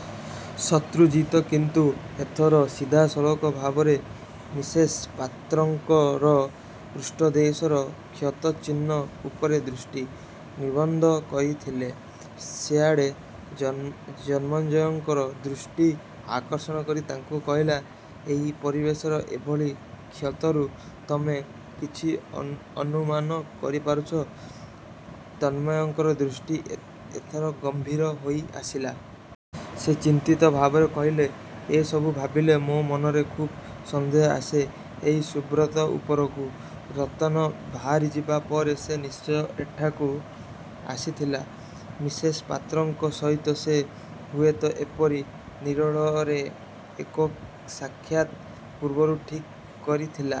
' ଶତ୍ରୁଜିତ କିନ୍ତୁ ଏଥର ସିଧାସଳଖ ଭାବରେ ମିସେସ୍ ପାତ୍ରଙ୍କର ପୃଷ୍ଠଦେଶର କ୍ଷତ ଚିହ୍ନ ଉପରେ ଦୃଷ୍ଟି। ନିବଦ୍ଧ କରିଥିଲେ। ସେଆଡ଼େ ତନ୍ମୟଙ୍କର ଦୃଷ୍ଟି ଆକର୍ଷଣ କରି ତାଙ୍କୁ କହିଲେ, 'ଏଇ ପରିବେଶରେ ଏଭଳି କ୍ଷତରୁ ତମେ କିଛି ଅନୁମାନ କରିପାରୁଛ? ' ତନ୍ମୟଙ୍କର ଦୃଷ୍ଟି ଏଥର ଗମ୍ଭୀର ହୋଇଆସିଲା। ସେ ଚିନ୍ତିତ ଭାବରେ କହିଲେ, 'ଏ ସବୁ ଭାବିଲେ ମୋ ମନରେ ଖୁବ୍ ସନ୍ଦେହ ଆସେ ଏଇ ସୁବ୍ରତ ଉପରକୁ। ରତନ ବାହାରିଯିବା ପରେ ସେ ନିଶ୍ଚୟ ଏଠାକୁ ଆସିଥିଲା। ମିସେସ୍ ପାତ୍ରଙ୍କ ସହିତ ସେ ହୁଏତ ଏପରି ନିରୋଳାରେ ଏକ ସାକ୍ଷାତ ପୂର୍ବରୁ ଠିକ୍ କରିଥିଲା।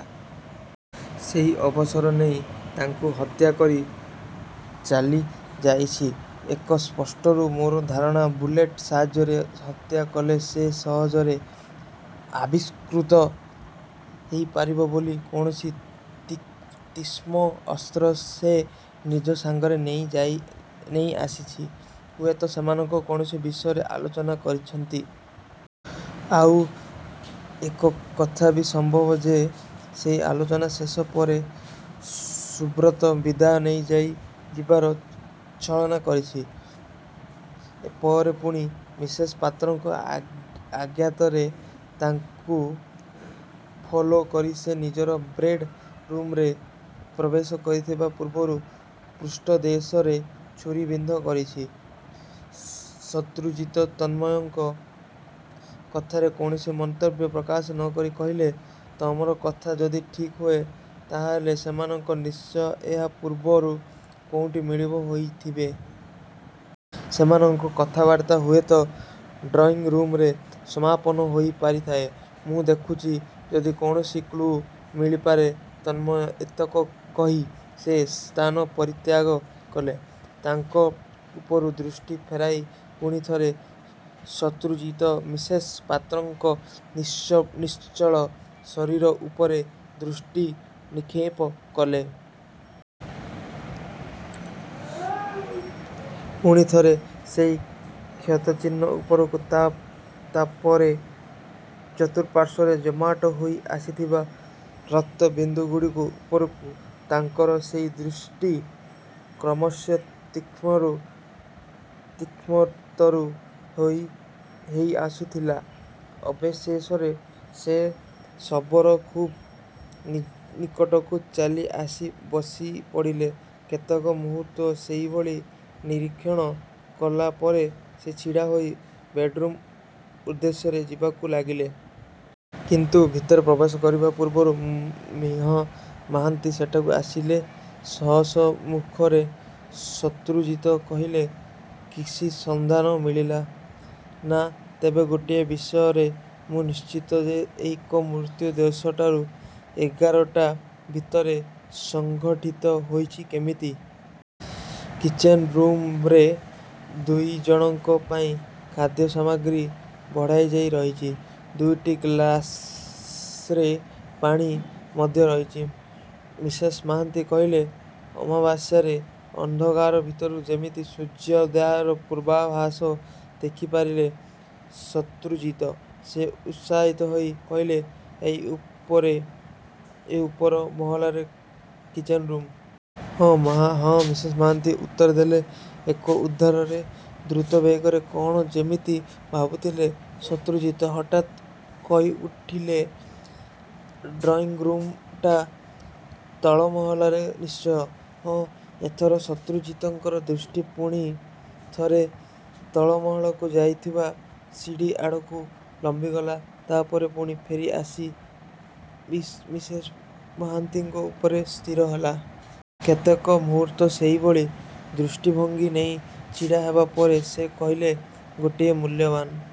ସେଇ ଅବସର ନେଇ ତାଙ୍କୁ ହତ୍ୟା କରି ଚାଲିଯାଇଛି। ଏଇ ସ୍ପଟରୁ ମୋର ଧାରଣା, ବୁଲେଟ୍ ସାହାଯ୍ୟରେ ହତ୍ୟା କଲେ ସେ ସହଜରେ ଆବିଷ୍କୃତ ହେଇପାରିବ ବୋଲି କୌଣସି ତୀକ୍ଷ୍ଣ ଅସ୍ତ୍ର ସେ ନିଜ ସାଙ୍ଗରେ ନେଇଆସିଛି। ହୁଏତ ସେମାନେ କୌଣସି ବିଷୟରେ ଆଲୋଚନା କରିଛନ୍ତି। ଆଉ ଏକଥାବି ସମ୍ଭବ ଯେ ସେଇ ଆଲୋଚନା ଶେଷ ପରେ ସୁବ୍ରତ ବିଦାୟ ନେଇଯିବାର ଛଳନା କରିଛି। ପରେ ପୁଣି ମିସେସ୍ ପାତ୍ରଙ୍କ ଅଜ୍ଞାତରେ ତାଙ୍କୁ ଫଲୋ କରି ସେ ନିଜର ବେଡ୍ ରୁମ୍ରେ ପ୍ରବେଶ କରିବା ପୂର୍ବରୁ ପୃଷ୍ଟଦେଶରେ ଛୁରୀ ବିଦ୍ଧ କରିଛି। ' ଶତ୍ରୁଜିତ ତନ୍ମୟଙ୍କ କଥାରେ କୌଣସି ମନ୍ତବ୍ୟ ପ୍ରକାଶ ନକରି କହିଲେ, 'ତମର କଥା ଯଦି ଠିକ୍ ହୁଏ, ତା'ହେଲେ ସେମାନେ ନିଶ୍ଚୟ ଏହା ପୂର୍ବରୁ କୋଉଠି ମିଳିତ ହୋଇଥିବେ। ସେମାନଙ୍କର କଥାବାର୍ତ୍ତା ହୁଏତ ଡ୍ରଇଂ ରୁମ୍ରେ ସମାପନ ହୋଇପାରିଥାଏ। ' 'ମୁଁ ଦେଖୁଛି ଯଦି କୌଣସି କ୍ଲୁ ମିଳିପାରେ ' ତନ୍ମୟ ଏତକ କହି ସେ ସ୍ଥାନ ପରିତ୍ୟାଗ କଲେ। ତାଙ୍କ ଉପରୁ ଦୃଷ୍ଟି ଫେରାଇ ପୁଣି ଥରେ ଶତ୍ରୁଜିତ ମିସେସ୍ ପାତ୍ରଙ୍କର ନିଶ୍ଚଳ ଶରୀର ଉପରେ ଦୃଷ୍ଟି ନିକ୍ଷେପ କଲେ। ପୁଣି ଥରେ ସେଇ କ୍ଷତଚିହ୍ନ ଉପରକୁ, ତା'ପରେ ଚତୁଃପାର୍ଶ୍ୱରେ ଜମାଟ ହୋଇଆସିଥିବା ରକ୍ତବିନ୍ଦୁଗୁଡ଼ିକ ଉପରକୁ। ତାଙ୍କର ସେଇ ଦୃଷ୍ଟି କ୍ରମଶଃ ତୀକ୍ଷ୍ଣରୁ ତୀକ୍ଷ୍ଣତର ହେଇଆସୁଥିଲା। ଅବଶେଷରେ ସେ ଶବର ଖୁବ୍ ନିକଟକୁ ଚାଲିଆସି ବସିପଡ଼ିଲେ। କେତେକ ମୁହୂର୍ତ୍ତ ସେଇଭଳି ନିରୀକ୍ଷଣ କଲା ପରେ ସେ ଛିଡ଼ା ହୋଇ ବେଡ୍ରୁମ୍ ଉଦ୍ଦେଶ୍ୟରେ ଯିବାକୁ ଲାଗିଲେ। କିନ୍ତୁ ଭିତରେ ପ୍ରବେଶ କରିବା ପୂର୍ବରୁ ମି: ମହାନ୍ତି ସେଠାକୁ ଆସିଲେ। ହସହସ ମୁଖରେ ଶତ୍ରୁଜିତ କହିଲେ, 'କିଛି ସନ୍ଧାନ ମିଳିଲା? ' 'ନା, ତେବେ ଗୋଟିଏ ବିଷୟରେ ମୁଁ ନିଶ୍ଚିତ ଯେ ଏଇ ମୃତ୍ୟୁ ଦଶଟାରୁ ଏଗାରଟା ଭିତରେ ସଙ୍ଘଠିତ ହୋଇଛି। ' 'କେମିତି? ' 'କିଚେନ୍ ରୁମ୍ରେ ଦୁଇଜଣଙ୍କ ପାଇଁ ଖାଦ୍ୟସାମଗ୍ରୀ ବଢ଼ାଯାଇ ରହିଛି। ଦୁଇଟି ଗ୍ଲାସ୍ରେ ପାଣି ମଧ୍ୟ ରହିଚି। ' ମି: ମହାନ୍ତି କହିଲେ। ଅମାବାସ୍ୟାର ଅନ୍ଧକାର ଭିତରୁ ଯେମିତି ସୂର୍ଯ୍ୟୋଦୟର ପୂର୍ବାଭାସ ଦେଖିପାରିଲେ ଶତ୍ରୁଜିତ। ସେ ଉତ୍ସାହିତ ହେଇ କହିଲେ, 'ଏଇ ଉପର ମହଲାରେ କିଚେନ୍ ରୁମ୍? ' 'ହଁ', ମି: ମହାନ୍ତି ଉତ୍ତର ଦେଲେ। 'ଏଇ ଉତ୍ତରରେ ଦ୍ରୁତବେଗରେ କ'ଣ ଯେମିତି ଭାବୁଥିଲେ ଶତ୍ରୁଜିତ। ହଠାତ୍ କହିଉଠିଲେ, 'ଡ୍ରଇଂରୁମ୍ଟା ତଳମହଲାରେ ନିଶ୍ଚୟ? ' 'ହଁ' ଏଥର ଶତ୍ରୁଜିତଙ୍କର ଦୃଷ୍ଟି ପୁଣି ଥରେ ତଳମହଲାକୁ ଯାଇଥିବା ସିଡ଼ି ଆଡ଼କୁ ଲମ୍ବିଗଲା-। ତା'ପରେ ପୁଣି ଫେରି ଆସି, ମି: ମହାନ୍ତିଙ୍କ ଉପରେ ସ୍ଥିର ହେଲା। କେତେକ ମୁହୂର୍ତ୍ତ ସେହିଭଳି ଦୃଷ୍ଟିଭଙ୍ଗୀ ନେଇ ଛିଡ଼ା ହେବା ପରେ, ସେ କହିଲେ, 'ଗୋଟିଏ ମୂଲ୍ୟବାନ